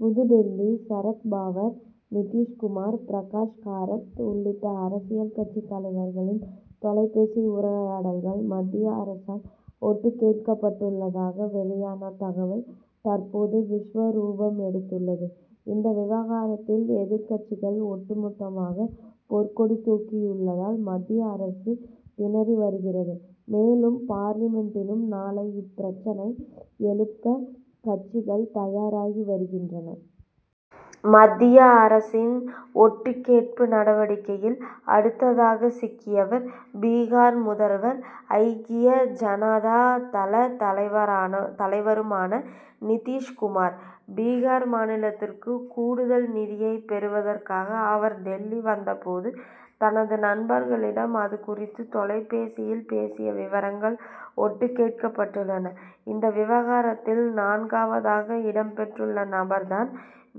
புதுடில்லி சரத் பவார், நிதிஷ் குமார், பிரகாஷ் கராத் உள்ளிட்ட அரசியல் கட்சி தலைவர்களின் தொலைபேசி உரையாடல்கள் மத்திய அரசால் ஒட்டு கேட்கப்பட்டுள்ளதாக வெளியான தகவல் தற்போது விஸ்வரூபம் எடுத்துள்ளது. இந்த விவகாரத்தில் எதிர்க்கட்சிகள் ஒட்டுமொத்தமாக போர்க்கொடி தூக்கியுள்ளதால் மத்திய அரசு திணறி வருகிறது. மேலும் பார்லிமென்டிலும் நாளை இப்பிரச்னையை எழுப்ப கட்சிகள் தயாராகி வருகின்றன. மத்திய அரசின் ஒட்டு கேட்பு நடவடிக்கையில் அடுத்ததாக சிக்கியவர் பீகார் முதல்வர் ஐக்கிய ஜனதா தள தலைவர் தலைவருமான நிதிஷ் குமார். பீகார் மாநிலத்துக்கு கூடுதல் நிதியை பெறுவதற்காக அவர் டில்லி வந்தபோது தனது நண்பர்களிடம் அது குறித்து தொலைபேசியில் பேசிய விவரங்கள் ஒட்டுக் கேட்கப்பட்டுள்ளன. இந்த விவகாரத்தில் நான்காவதாக இடம் பெற்றுள்ள நபர் தான்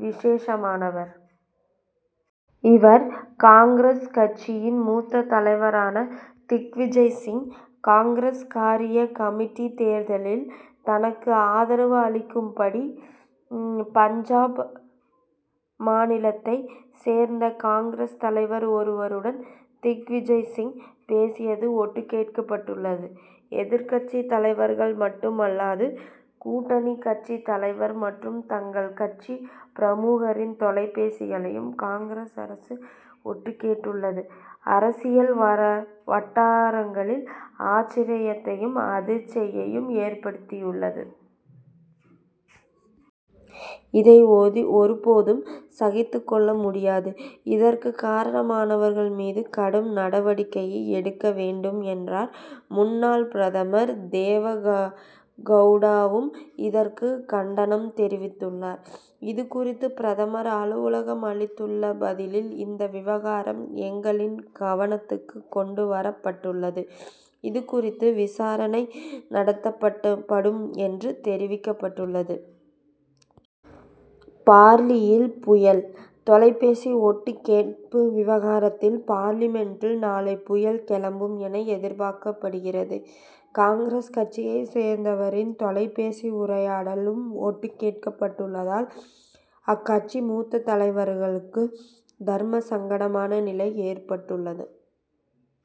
விசேஷமானவர். இவர் காங்கிரஸ் கட்சியின் மூத்த தலைவர் திக்விஜய் சிங். காங்கிரஸ் காரிய கமிட்டி தேர்தலில் தனக்கு ஆதரவு அளிக்கும்படி, பஞ்சாப் மாநிலத்தை சேர்ந்த காங்கிரஸ் தலைவர் ஒருவருடன் திக்விஜய்சிங் பேசியது ஒட்டு கேட்கப்பட்டுள்ளது. எதிர்க்கட்சி தலைவர்கள் மட்டுமல்லாது கூட்டணி கட்சித் தலைவர் மற்றும் தங்கள் கட்சி பிரமுகரின் தொலைபேசிகளையும், காங்கிரஸ் அரசு ஒட்டு கேட்டுள்ளது, அரசியல் வர வட்டாரங்களில் ஆச்சரியத்தையும் அதிர்ச்சியையும் ஏற்படுத்தியுள்ளது. இதை ஒருபோதும் சகித்துக் கொள்ள முடியாது. இதற்கு காரணமானவர்கள் மீது கடும் நடவடிக்கை எடுக்க வேண்டும் என்றார். முன்னாள் பிரதமர் தேவகவுடாவும் இதற்கு கண்டனம் தெரிவித்துள்ளார். இதுகுறித்து பிரதமர் அலுவலகம் அளித்துள்ள பதிலில் இந்த விவகாரம் எங்களின் கவனத்துக்கு கொண்டு வரப்பட்டுள்ளது. இதுகுறித்து விசாரணை நடத்தப்பட்ட படும் என்று தெரிவிக்கப்பட்டுள்ளது. பார்லியில் புயல்? தொலைபேசி ஒட்டு கேட்பு விவகாரத்தின் பார்லிமென்டில் நாளை புயல் கெளம்பும் என எதிர்பார்க்கப்படுகிறது. காங்கிரஸ் கட்சியைச் சேர்ந்தவரின் தொலைபேசி உரையாடலும் ஒட்டு கேட்கப்பட்டுள்ளதால் அக்கட்சியின் மூத்த தலைவர்களுக்கு தர்மசங்கடமான நிலை ஏற்பட்டுள்ளது.